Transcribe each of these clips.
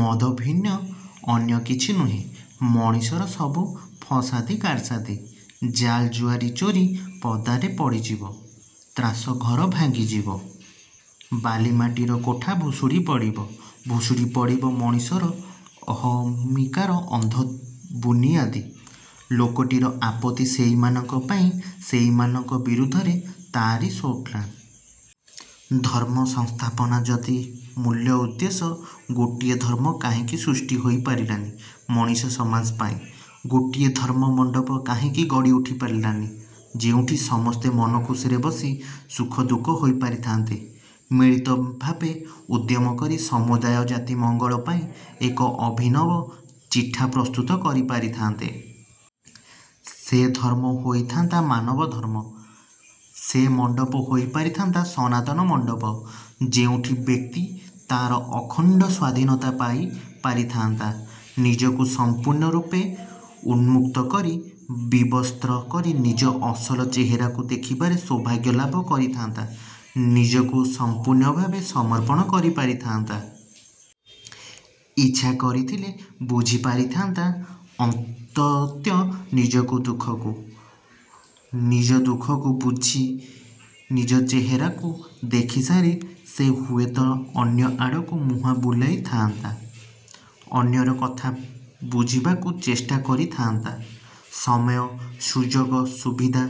ମଦ ଭିନ୍ନ ଅନ୍ୟ କିଛି ନୁହେଁ। ମଣିଷର ସବୁ ଫିସାଦି କାରସାଦି, ଜାଲ୍ ଜୁଆଚୋରି ପଦାରେ ପଡ଼ିଯିବ। ତାସ୍ର ଘର ଭାଙ୍ଗିଯିବ। ବାଲିମାଟିର କୋଠା ଭୁଷୁଡ଼ି ପଡ଼ିବ। ଭୁଷୁଡ଼ି ପଡ଼ିବ ମଣିଷର ଅହମିକାର ଅନ୍ଧ ବୁନିଆଦି। ଲୋକଟିର ଆପତ୍ତି ସେଇମାନଙ୍କ ପାଇଁ। ସେଇମାନଙ୍କ ବିରୁଦ୍ଧରେ ତା'ରି ସ୍ଳୋଗାନ୍। ଧର୍ମ ସଂସ୍ଥାପନା ଯଦି ମୂଳ ଉଦ୍ଦେଶ୍ୟ, ଗୋଟିଏ ଧର୍ମ କାହିଁକି ସୃଷ୍ଟି ହୋଇ ପାରିଲାନି ମଣିଷ ସମାଜ ପାଇଁ। ଗୋଟିଏ ଧର୍ମ ମଣ୍ଡପ କାହିଁକି ଗଢ଼ି ଉଠି ପାରିଲାନି? ଯେଉଁଠି ସମସ୍ତେ ମନଖୁସିରେ ବସି ସୁଖଦୁଃଖ ହୋଇ ପାରିଥାନ୍ତେ। ମିଳିତଭାବେ ଉଦ୍ୟମ କରି ସମୁଦାୟ ଜାତିର ମଙ୍ଗଳ ପାଇଁ ଏକ ଅଭିନବ ଚିଠା ପ୍ରସ୍ତୁତ କରି ପାରିଥାନ୍ତେ। ସେ ଧର୍ମ ହୋଇଥାନ୍ତା ମାନବ ଧର୍ମ। ସେ ମଣ୍ଡପ ହୋଇଥାନ୍ତା ସନାତନ ମଣ୍ଡପ। ଯେଉଁଠି ବ୍ୟକ୍ତି ତା'ର ଅଖଣ୍ଡ ସ୍ୱାଧୀନତା ପାଇ ପାରିଥାନ୍ତା। ନିଜକୁ ସମ୍ପୂର୍ଣ୍ଣ ରୂପେ ଉନ୍ମୁକ୍ତ କରି, ବିବସ୍ତ୍ର କରି ନିଜର ଅସଲ ଚେହେରାକୁ ଦେଖିବାର ସୌଭାଗ୍ୟ ଲାଭ କରିଥାନ୍ତା। ନିଜକୁ ସମ୍ପୂର୍ଣ୍ଣଭାବେ ସମର୍ପଣ କରିପାରିଥାନ୍ତା। ଇଚ୍ଛା କରିଥିଲେ ବୁଝି ପାରିଥାନ୍ତା ଅନ୍ତତଃ ନିଜର ଦୁଃଖକୁ। ନିଜର ଦୁଃଖକୁ ବୁଝି, ନିଜ ଚେହେରାକୁ ଦେଖିସାରି ସେ ହୁଏତ ଅନ୍ୟଆଡ଼କୁ ମୁହଁ ବୁଲେଇ ପାରୁଥାନ୍ତା। ଅନ୍ୟର କଥା ବୁଝିବାକୁ ଚେଷ୍ଟା କରିଥାନ୍ତା। ସମୟ, ସୁଯୋଗ ସୁବିଧା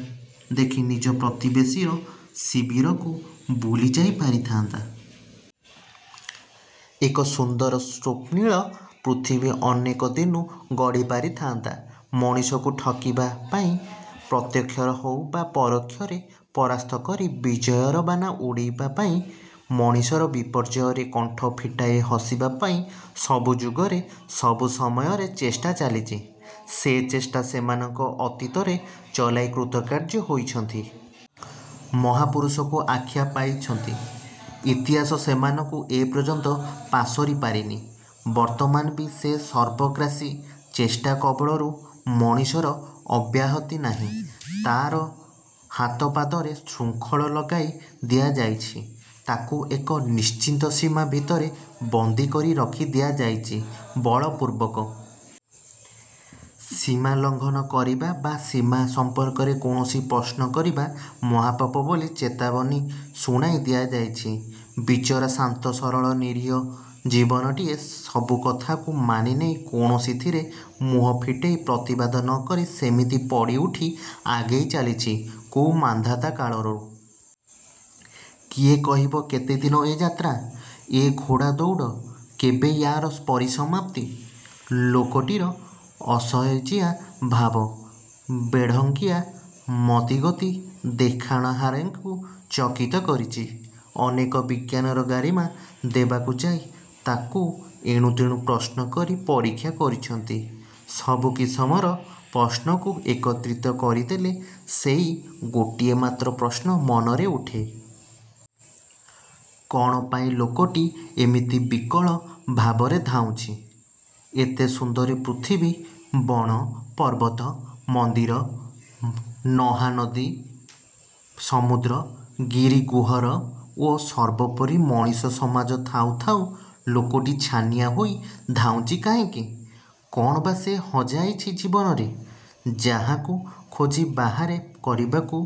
ଦେଖି ନିଜ ପ୍ରତିବେଶୀର ଶିବିରକୁ ବୁଲିଯାଇ ପାରିଥାନ୍ତା। ଏକ ସୁନ୍ଦର ସ୍ୱପ୍ନିଳ ପୃଥିବୀ ଅନେକ ଦିନୁ ଗଢ଼ି ପାରିଥାନ୍ତା। ମଣିଷକୁ ଠକିବାପାଇଁ, ପ୍ରତ୍ୟେକ୍ଷରେ ହେଉ ବା ପରୋକ୍ଷରେ ପରାସ୍ତ କରି ବିଜୟର ବାନା ଉଡ଼ାଇବା ପାଇଁ, ମଣିଷର ବିପର୍ଯ୍ୟୟରେ କଣ୍ଠ ଫିଟାଇ ହସିବା ପାଇଁ, ସବୁ ଯୁଗରେ ସବୁ ସମୟରେ ଚେଷ୍ଟା ଚାଲିଛି। ସେ ଚେଷ୍ଟା ସେମାନେ ଅତୀତରେ ଚଳାଇ କୃତକାର୍ଯ୍ୟ ହୋଇଛନ୍ତି। ମହାପୁରୁଷ ଆଖ୍ୟା ପାଇଛନ୍ତି। ଇତିହାସ ସେମାନଙ୍କୁ ଏପର୍ଯ୍ୟନ୍ତ ପାସୋରି ପାରିନି। ବର୍ତ୍ତମାନ ବି ସେ ସର୍ବଗ୍ରାସୀ ଚେଷ୍ଟା କବଳରୁ ମଣିଷର ଅବ୍ୟାହତି ନାହିଁ। ତା'ର ହାତ ପାଦରେ ଶୃଙ୍ଖଳ ଲଗାଇ ଦିଆଯାଇଛି। ତାକୁ ଏକ ନିଶ୍ଚିତ ସୀମା ଭିତରେ ବନ୍ଦି କରି ରଖି ଦିଆଯାଇଛି ବଳପୂର୍ବକ। ସୀମା ଲଙ୍ଘନ କରିବା ବା' ସୀମା ସମ୍ପର୍କରେ କୌଣସି ପ୍ରଶ୍ନ କରିବା ମହାପାପ ବୋଲି ଚେତାବନୀ ଶୁଣାଇ ଦିଆଯାଇଛି। ବିଚରା, ଶାନ୍ତ ସରଳ ନିରୀହ ଜୀବଟିଏ! ସବୁ କଥାକୁ ମାନିନେଇ, କୌଣସିଥିରେ ମୁହଁ ଫିଟେଇ ପ୍ରତିବାଦ ନକରି ସେମିତି ପଡ଼ିଉଠି ଆଗେଇ ଚାଲିଛି କୋଉ ମାନ୍ଧାତା କାଳରୁ! କିଏ କହିବ କେତେଦିନ ଏ ଯାତ୍ରା; ଏ ଘୋଡ଼ା ଦଉଡ଼। କେବେ ୟା'ର ପରିସମାପ୍ତି!! ଲୋକଟିର ଅସହଜିଆ ଭାବ, ବେଢଙ୍ଗିଆ ମତିଗତି ଦେଖଣାହାରିଙ୍କୁ ଚକିତ କରିଛି। ଅନେକ ବିଜ୍ଞାନର ଗାରିମା ଦେବାକୁ ଯାଇ ତାକୁ ଏଣୁତେଣୁ ପ୍ରଶ୍ନକରି ପରୀକ୍ଷା କରିଛନ୍ତି। ସବୁ କିସମର ପ୍ରଶ୍ନକୁ ଏକତ୍ରିତ କରିଦେଲେ ସେଇ ଗୋଟିଏ ମାତ୍ର ପ୍ରଶ୍ନ ମନରେ ଉଠେ। କ'ଣ ପାଇଁ ଲୋକଟି ଏମିତି ବିକଳ ଭାବରେ ଧାଉଁଛି? ଏତେ ସୁନ୍ଦର ପୃଥିବୀ, ବଣ, ପର୍ବତ, ମନ୍ଦିର, ନହାନଦୀ, ସମୁଦ୍ର ଗିରିଗହ୍ୱର ଓ ସର୍ବୋପରି ମଣିଷ ସମାଜ ଥାଉ ଥାଉ, ଲୋକଟି ଛାନିଆ ହୋଇ ଧାଉଁଛି କାହିଁକି? କ'ଣ ବା' ସେ ହଜାଇଛି ଜୀବନରେ? ଯାହାକୁ ଖୋଜି ବାହାର କରିବାକୁ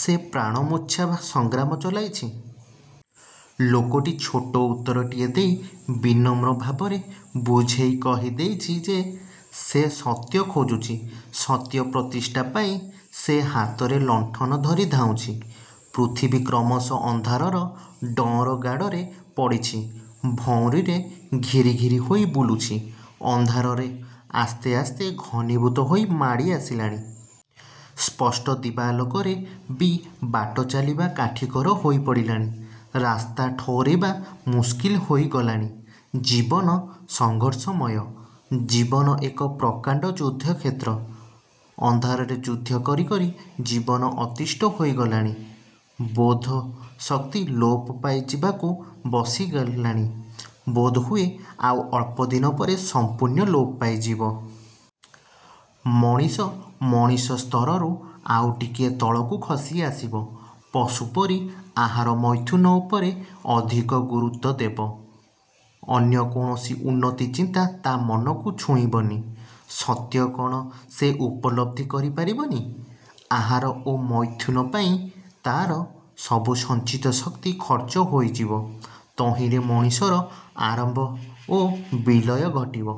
ସେ ପ୍ରାଣମୂର୍ଚ୍ଛା ସଂଗ୍ରାମ ଚଳାଇଛି। ଲୋକଟି ଛୋଟ ଉତ୍ତରଟିଏ ଦେଇ ବିନମ୍ର ଭାବରେ ବୁଝେଇ କହି ଦେଇଛି ଯେ ସେ ସତ୍ୟ ଖୋଜୁଛି। ସତ୍ୟ ପ୍ରତିଷ୍ଠା ପାଇଁ ସେ ହାତରେ ଲଣ୍ଠନ ଧରି ଧାଉଁଛି। ପୃଥିବୀ କ୍ରମଶଃ ଅନ୍ଧାରର ଡଅଁର ଗାଡ଼ରେ ପଡ଼ିଛି। ଭଉଁରୀରେ ଘିରିଘିରି ହୋଇ ବୁଲୁଛି। ଅନ୍ଧାର ଆସ୍ତେ ଆସ୍ତେ ଘନୀଭୂତ ହୋଇ ମାଡ଼ି ଆସିଲାଣି। ସ୍ପଷ୍ଟ ଦିବାଲୋକରେ ବି ବାଟଚାଲିବା କାଠିକର ହୋଇ ପଡ଼ିଲାଣି। ରାସ୍ତା ଠଉରେଇବା ମୁସ୍କିଲ୍ ହୋଇଗଲାଣି। ଜୀବନ ସଂଘର୍ଷମୟ। ଜୀବନ ଏକ ପ୍ରକାଣ୍ଡ ଯୁଦ୍ଧକ୍ଷେତ୍ର। ଅନ୍ଧାରରେ ଯୁଦ୍ଧ କରିକରି ଜୀବନ ଅତିଷ୍ଟ ହୋଇଗଲାଣି। ବୋଧଶକ୍ତି ଲୋପ ପାଇଯିବାକୁ ବସିଲାଣି। ବୋଧହୁଏ ଆଉ ଅଳ୍ପଦିନ ପରେ ସମ୍ପୂର୍ଣ୍ଣ ଲୋପ ପାଇଯିବ। ମଣିଷ, ମଣିଷ ସ୍ତରରୁ ଆଉ ଟିକିଏ ତଳକୁ ଖସି ଆସିବ-। ପଶୁପରି ଆହାର ମୈଥୁନ ଉପରେ ଅଧିକ ଗୁରୁତ୍ୱ ଦେବ। ଅନ୍ୟ କୌଣସି ଉନ୍ନତ ଚିନ୍ତା ତା' ମନକୁ ଛୁଇଁବନି। ସତ୍ୟ କ'ଣ ସେ ଉପଲବ୍ଧି କରି ପାରିବନି। ଆହାର ଓ ମୈଥୁନ ପାଇଁ ତା'ର ସବୁ ସଞ୍ଚିତ ଶକ୍ତି ଖର୍ଚ୍ଚ ହୋଇଯିବ। ତହିଁରେ ମଣିଷର ଆରମ୍ଭ ଓ ବିଲୟ ଘଟିବ।